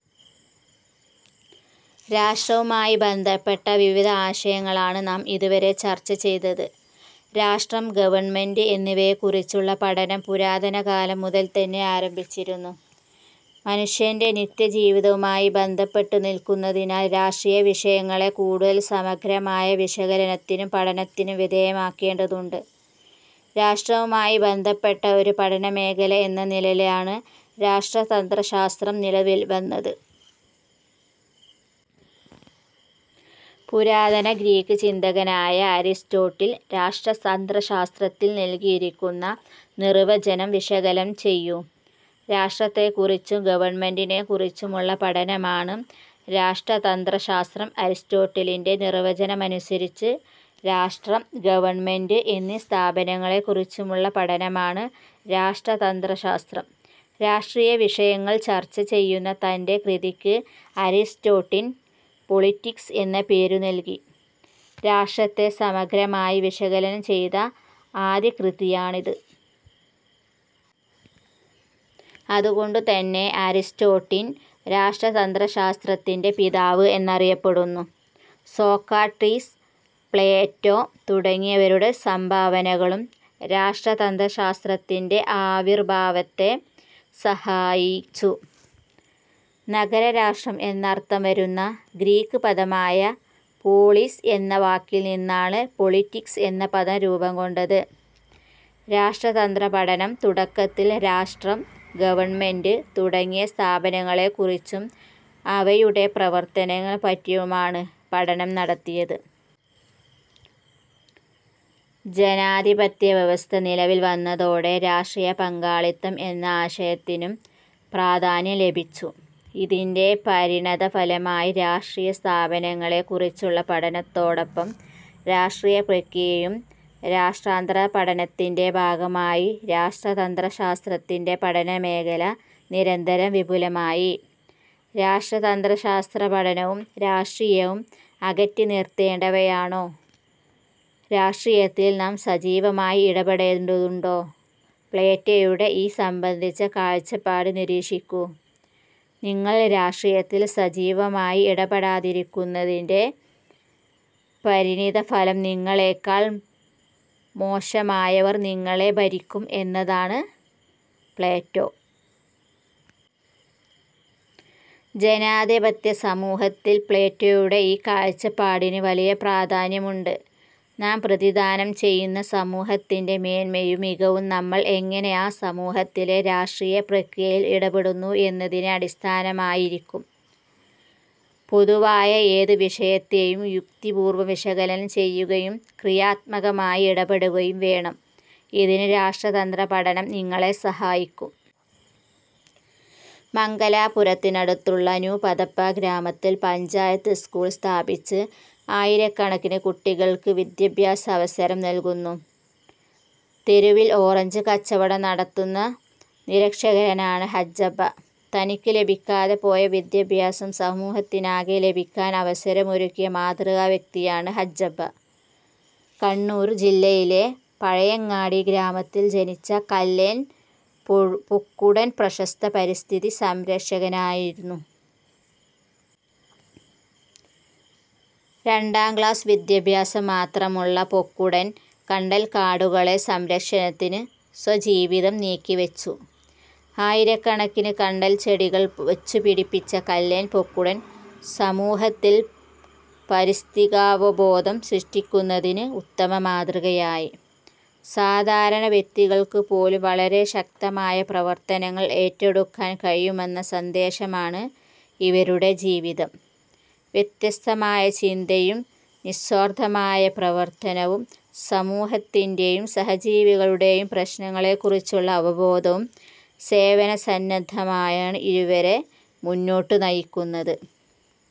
രാഷ്ട്രവുമായി ബന്ധപ്പെട്ട വിവിധ ആശയങ്ങളാണ് നാം ഇതുവരെ ചർച്ച ചെയ്തത്. രാഷ്ട്രം, ഗവൺമെന്റ് എന്നിവയെക്കുറിച്ചുള്ള പഠനം പുരാതന കാലം മുതൽതന്നെ ആരംഭിച്ചിരുന്നു. മനുഷ്യന്റെ നിത്യജീവിതവുമായി ബന്ധപ്പെട്ടു നിൽക്കുന്നതിനാൽ രാഷ്ട്രീയവിഷയങ്ങളെ കൂടുതൽ സമഗ്രമായ വിശകലനത്തിനും പഠനത്തിനും വിധേയമാക്കേണ്ടതുണ്ട്. രാഷ്ട്രവുമായി ബന്ധപ്പെട്ട ഒരു പഠനമേഖല എന്ന നിലയിലാണ് രാഷ്ട്രതന്ത്രശാസ്ത്രം നിലവിൽ വന്നത്. പുരാതന ഗ്രീക്ക് ചിന്തകനായ അരിസ്റ്റോട്ടിൽ രാഷ്ട്രതന്ത്രശാസ്ത്രത്തിന് നൽകിയിരിക്കുന്ന നിർവചനം വിശകലനം ചെയ്യൂ. രാഷ്ട്രത്തെക്കുറിച്ചും ഗവൺമെന്റിനെക്കുറിച്ചുമുള്ള പഠനമാണ് രാഷ്ട്രതന്ത്രശാസ്ത്രം അരിസ്റ്റോട്ടിലിന്റെ നിർവചനമനുസരിച്ച് രാഷ്ട്രം, ഗവൺമെന്റ് എന്നീ സ്ഥാപനങ്ങളെക്കുറിച്ചുള്ള പഠനമാണ് രാഷ്ട്രതന്ത്രശാസ്ത്രം. രാഷ്ട്രീയവിഷയങ്ങൾ ചർച്ചചെയ്യുന്ന തന്റെ കൃതിക്ക് അരിസ്റ്റോട്ടിൽ പൊളിറ്റിക്സ്' എന്ന പേരു നൽകി. രാഷ്ട്രത്തെ സമഗ്രമായി വിശകലനം ചെയ്ത ആദ്യകൃതിയാണത്. അതുകൊണ്ടുതന്നെ അരിസ്റ്റോട്ടിൽ രാഷ്ട്രതന്ത്രശാസ്ത്രത്തിന്റെ പിതാവ് എന്നറിയപ്പെടുന്നു. സോക്രട്ടീസ്, പ്ലേറ്റോ തുടങ്ങിയവരുടെ സംഭാവനകളും രാഷ്ട്രതന്ത്രശാസ്ത്രത്തിന്റെ ആവിർഭാവത്തെ സഹായിച്ചു. നഗരരാഷ്ട്രംഎന്നർഥം വരുന്ന ഗ്രീക്ക് പദമായ പോളിസ് എന്ന വാക്കിൽനിന്നാണ് പൊളിറ്റിക്സ്' എന്ന പദം രൂപം കൊണ്ടത്. രാഷ്ട്രതന്ത്ര പഠനം തുടക്കത്തിൽ രാഷ്ട്രം, ഗവൺമെന്റ് തുടങ്ങിയ സ്ഥാപനങ്ങളെക്കുറിച്ചും അവയുടെ പ്രവർത്തനങ്ങളെപ്പറ്റിയുമാണ് പഠനം നടത്തിയത്. ജനാധിപത്യ വ്യവസ്ഥ നിലവിൽവന്നതോടെ രാഷ്ട്രീയപങ്കാളിത്തം എന്ന ആശയത്തിനും പ്രാധാന്യം ലഭിച്ചു. ഇതിന്റെ പരിണതഫലമായി രാഷ്ട്രീയസ്ഥാപനങ്ങളെക്കുറിച്ചുള്ള പഠനത്തോടൊപ്പം രാഷ്ട്രീയപ്രക്രിയയും രാഷ്ട്രതന്ത്രപഠനത്തിന്റെ ഭാഗമായി. രാഷ്ട്രതന്ത്ര ശാസ്ത്രത്തിന്റെ പഠനമേഖല നിരന്തരം വിപുലമായി. രാഷ്ട്രതന്ത്രശാസ്ത്രപഠനവും രാഷ്ട്രീയവും അകറ്റിനിർത്തേണ്ടവയാണോ? രാഷ്ട്രീയത്തിൽ നാം സജീവമായി ഇടപെടേണ്ടതുണ്ടോ? പ്ലേറ്റോയുടെ ഇതു സംബന്ധിച്ച കാഴ്ചപ്പാട് നിരീക്ഷിക്കൂ. നിങ്ങൾ രാഷ്ട്രിയത്തിൽ സജീവമായി ഇടപെടാതിരിക്കുന്നതിന്റെ പരിണിത ഫലം നിങ്ങളേക്കാൾ മോശമായവർ നിങ്ങളെ ഭരിക്കും എന്നതാണ്-പ്ലേറ്റോ. ജനാധിപത്യസമൂഹത്തിൽ പ്ലേറ്റോയുടെ ഈ കാഴ്ചപ്പാടിന് വലിയപ്രാധാന്യമുണ്ട്. നാം പ്രതിധാനം ചെയ്യുന്ന സമൂഹത്തിന്റെ മേന്മയും മികവും നമ്മൾ എങ്ങനെ ആ സമൂഹത്തിലെ രാഷ്ട്രീയ പ്രക്രിയയിൽ ഇടപെടുന്നു എന്നതിനെ അടിസ്ഥാനമാക്കിയിരിക്കും. പൊതുവായ ഏതു വിഷയത്തെയും യുക്തിപൂർവം വിശകലനം ചെയ്യുകയും ക്രിയാത്മകമായി ഇടപെടുകയും വേണം. ഇതിന് രാഷ്ട്രതന്ത്രപഠനം നിങ്ങളെ സഹായിക്കും. മംഗലാപുരത്തിനടുത്തുള്ള ന്യൂ പദപ്പ ഗ്രാമത്തിൽ പഞ്ചായത്ത് സ്കൂൾ സ്ഥാപിച്ച് ആയിരക്കണക്കിന് കുട്ടികൾക്ക് വിദ്യാഭ്യാസാവസരം നൽകുന്നു. തെരുവിൽ ഓറഞ്ച് കച്ചവടം നടത്തുന്ന നിരക്ഷരനാണ് ഹജ്ജബ്ബ. തനിക്ക് ലഭിക്കാതെപോയ വിദ്യാഭ്യാസം സമൂഹത്തിനാകെ ലഭിക്കാൻ അവസരമൊരുക്കിയ മാതൃകാ വ്യക്തിയാണ് ഹജ്ജബ്ബ. കണ്ണൂർ ജില്ലയിലെ പഴയങ്ങാടി ഗ്രാമത്തിൽ ജനിച്ച കല്ലേൻ പൊക്കുടൻ പ്രശസ്ത പരിസ്ഥിതി സംരക്ഷകനായിരുന്നു. രണ്ടാം ക്ലാസ് വിദ്യാഭ്യാസം മാത്രമുള്ള പൊക്കുടൻ കണ്ടൽക്കാടുകളുടെ സംരക്ഷണത്തിന് സ്വജീവിതം നീക്കിവച്ചു. ആയിരക്കണക്കിന് കണ്ടൽച്ചെടികൾ വച്ചുപിടിപ്പിച്ച കല്ലേൻ പൊക്കുടൻ സമൂഹത്തിൽ പാരിസ്ഥിതികാവബോധം സൃഷ്ടിക്കുന്നതിന് ഉത്തമമാതൃകയായി. സാധാരണ വ്യക്തികൾക്കുപോലും വളരെ ശക്തമായ പ്രവർത്തനങ്ങൾ ഏറ്റെടുക്കാൻ കഴിയുമെന്ന സന്ദേശമാണ് ഇവരുടെ ജീവിതം. വ്യത്യസ്തമായ ചിന്തയും നിസ്വാർഥമായ പ്രവർത്തനവും സമൂഹത്തിന്റെയും സഹജീവികളുടെയും പ്രശ്നങ്ങളെക്കുറിച്ചുള്ള അവബോധവും സേവനസന്നദ്ധതമായാണ് ഇവരെ മുന്നോട്ടു നയിക്കുന്നത്.